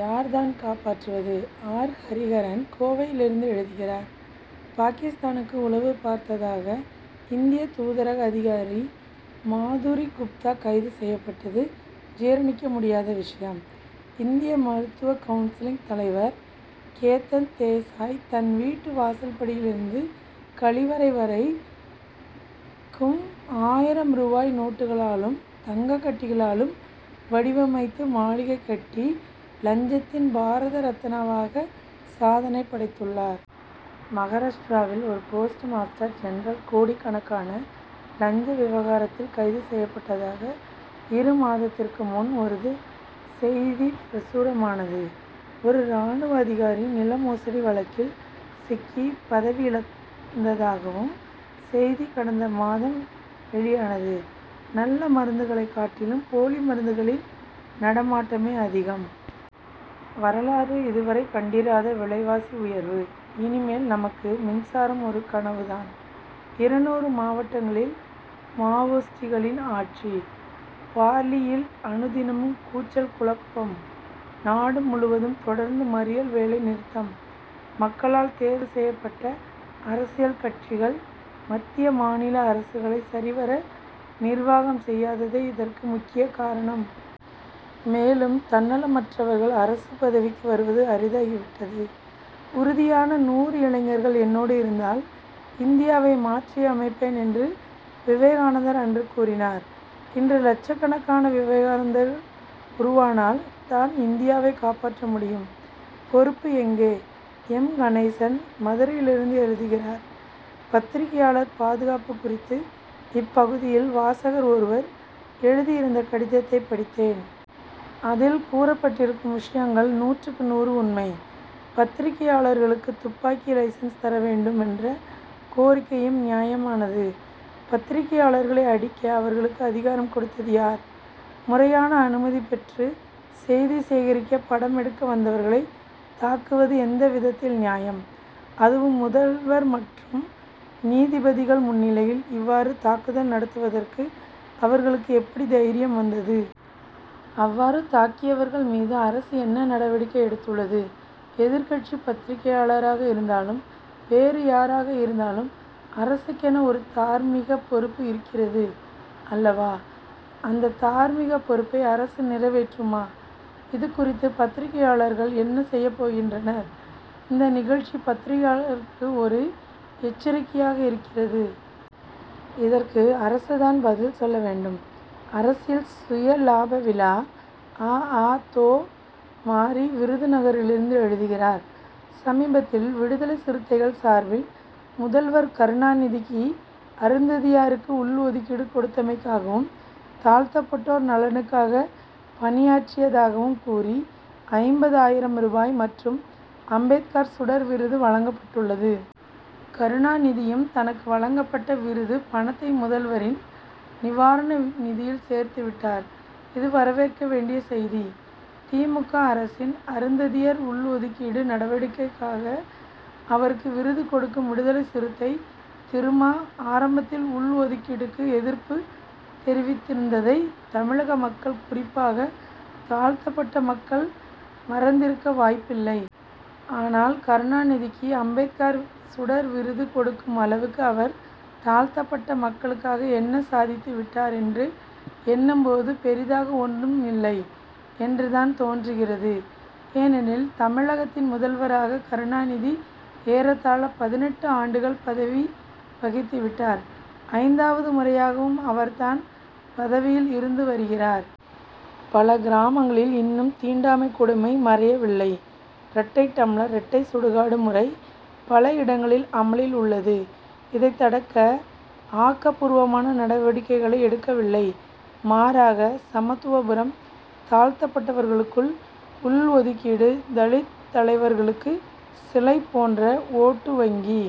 யார் தான் காப்பாற்றுவது? ஆர். ஹரிஹரன் கோவையிலிருந்து எழுதுகிறார் பாகிஸ்தானுக்கு உளவு பார்த்ததாக இந்திய தூதரக அதிகாரி மாதுரி குப்தா கைது செய்யப்பட்டது ஜீரணிக்க முடியாத விஷயம். இந்திய மருத்துவக்கவுன்சிலிங் தலைவர் கேதன் தேசாய் தன் வீட்டு வாயில்படியிலிருந்து கழிவறை வரைக் கும் ஆயிரம் ரூபாய் நோட்டுகளாலும் தங்கக்கட்டிகளாலும் வடிவமைத்து மாளிகை கட்டி லஞ்சத்தின் பாரத ரத்னாவாக சாதனை படைத்துள்ளார். மகாராஷ்டிராவில் ஒரு போஸ்ட் மாஸ்டர் ஜெனரல் கோடிக்கணக்கான லஞ்ச விவகாரத்தில் கைது செய்யப்பட்டதாக இரு மாதத்திற்கு முன் ஒரு செய்தி பிரசுரமானது. ஒரு ராணுவ அதிகாரி நிலமோசடி வழக்கில் சிக்கி பதவியிழந்ததாகவும் செய்தி கடந்த மாதம் வெளியானது. நல்ல மருந்துகளை காட்டிலும் போலி மருந்துகளின் நடமாட்டமே அதிகம். வரலாறு இதுவரை கண்டிராத விலைவாசி உயர்வு. இனிமேல் நமக்கு மின்சாரம் ஒரு கனவு தான். இருநூறு மாவட்டங்களில் மாவோயிஸ்டுகளின் ஆட்சி. பார்லியில் அனுதினமும் கூச்சல் குழப்பம். நாடு முழுவதும் தொடர்ந்து மறியல் வேலைநிறுத்தம். மக்களால் தேர்வு செய்யப்பட்ட அரசியல் கட்சிகள் மத்திய மாநில அரசுகளை சரிவர நிர்வாகம் செய்யாததே இதற்கு முக்கிய காரணம். மேலும் தன்னலமற்றவர்கள் அரசு பதவிக்கு வருவது அரிதாகிவிட்டது. உறுதியான நூறு இளைஞர்கள் என்னோடு இருந்தால் இந்தியாவை மாற்றியமைப்பேன் என்று விவேகானந்தர் அன்று கூறினார். இன்று லட்சக்கணக்கான விவேகானந்தர் உருவானால் தான் இந்தியாவை காப்பாற்ற முடியும். பொறுப்பு எங்கே? எம். கணேசன் மதுரையிலிருந்து எழுதுகிறார் பத்திரிகையாளர் பாதுகாப்பு குறித்து இப்பகுதியில் வாசகர் ஒருவர் எழுதியிருந்த கடிதத்தைப் படித்தேன். அதில் கூறப்பட்டிருக்கும் விஷயங்கள் நூற்றுக்கு நூறு உண்மை. பத்திரிகையாளர்களுக்கு துப்பாக்கி லைசென்ஸ் தர வேண்டும் என்ற கோரிக்கையும் நியாயமானதே. பத்திரிகையாளர்களை அடிக்க அவர்களுக்கு அதிகாரம் கொடுத்தது யார்? முறையான அனுமதி பெற்று செய்தி சேகரிக்க படம் எடுக்க வந்தவர்களைத் தாக்குவது எந்த விதத்தில் நியாயம்? அதுவும் முதல்வர் மற்றும் நீதிபதிகள் முன்னிலையில் இவ்வாறு தாக்குதல் நடத்துவதற்கு அவர்களுக்கு எப்படி தைரியம் வந்தது? அவ்வாறு தாக்கியவர்கள் மீது அரசு என்ன நடவடிக்கை எடுத்துள்ளது? எதிர்க்கட்சி பத்திரிகையாளராக இருந்தாலும் வேறு யாராக இருந்தாலும் அரசுக்கென ஒரு தார்மீகப் பொறுப்பு இருக்கிறது அல்லவா? அந்த தார்மீகப் பொறுப்பை அரசு நிறைவேற்றுமா? இது குறித்து பத்திரிகையாளர்கள் என்ன செய்யப் போகின்றனர்? இந்த நிகழ்ச்சி பத்திரிகையாளர்களுக்கு ஒரு எச்சரிக்கையாக இருக்கிறது. இதற்கு அரசுதான் பதில் சொல்ல வேண்டும். அரசியல் சுயலாப விழா! அ. அ. தொ. மாரி விருதுநகரிலிருந்து எழுதுகிறார் சமீபத்தில் விடுதலைச் சிறுத்தைகள் சார்பில் முதல்வர் கருணாநிதிக்கு அருந்ததியாருக்கு உள்ஒதுக்கீடு கொடுத்தமைக்காகவும் தாழ்த்தப்பட்டோர் நலனுக்காக பணியாற்றியதாகவும் கூறி ஐம்பது ஆயிரம் ரூபாய் மற்றும் அம்பேத்கர் சுடர் விருது வழங்கப்பட்டுள்ளது. கருணாநிதியும் தனக்கு வழங்கப்பட்ட விருது பணத்தை முதல்வரின் நிவாரண நிதியில் சேர்த்துவிட்டார். இது வரவேற்க வேண்டிய செய்தி. தி. மு. க. அரசின் அருந்ததியர் உள்ஒதுக்கீடு நடவடிக்கைக்காக அவருக்கு விருது கொடுக்கும் விடுதலைச் சிறுத்தை திருமா ஆரம்பத்தில் உள்ஒதுக்கீடுக்கு எதிர்ப்பு தெரிவித்திருந்ததை தமிழக மக்கள் குறிப்பாக தாழ்த்தப்பட்ட மக்கள் மறந்திருக்க வாய்ப்பில்லை. ஆனால் கருணாநிதிக்கு அம்பேத்கர் சுடர் விருது கொடுக்கும் அளவுக்கு அவர் தாழ்த்தப்பட்ட மக்களுக்காக என்ன சாதித்து விட்டார் என்று எண்ணும் போது பெரிதாக ஒன்றும் இல்லை என்று தான் தோன்றுகிறது. ஏனெனில் தமிழகத்தின் முதல்வராக கருணாநிதி ஏறத்தாழ பதினெட்டு ஆண்டுகள் பதவி வகித்து விட்டார் ஐந்தாவது முறையாகவும் அவர்தான் பதவியில் இருந்து வருகிறார். பல கிராமங்களில் இன்னும் தீண்டாமைக் கொடுமை மறையவில்லை. இரட்டை டம்ளர் இரட்டை சுடுகாடு முறை பல இடங்களில் அமலில் உள்ளது. இதை தடுக்க ஆக்கப்பூர்வமான நடவடிக்கைகளை எடுக்கவில்லை. மாறாக சமத்துவபுரம் தாழ்த்தப்பட்டவர்களுக்குள் உள்ஒதுக்கீடு தலித் தலைவர்களுக்கு சிலை போன்ற ஓட்டு வங்கி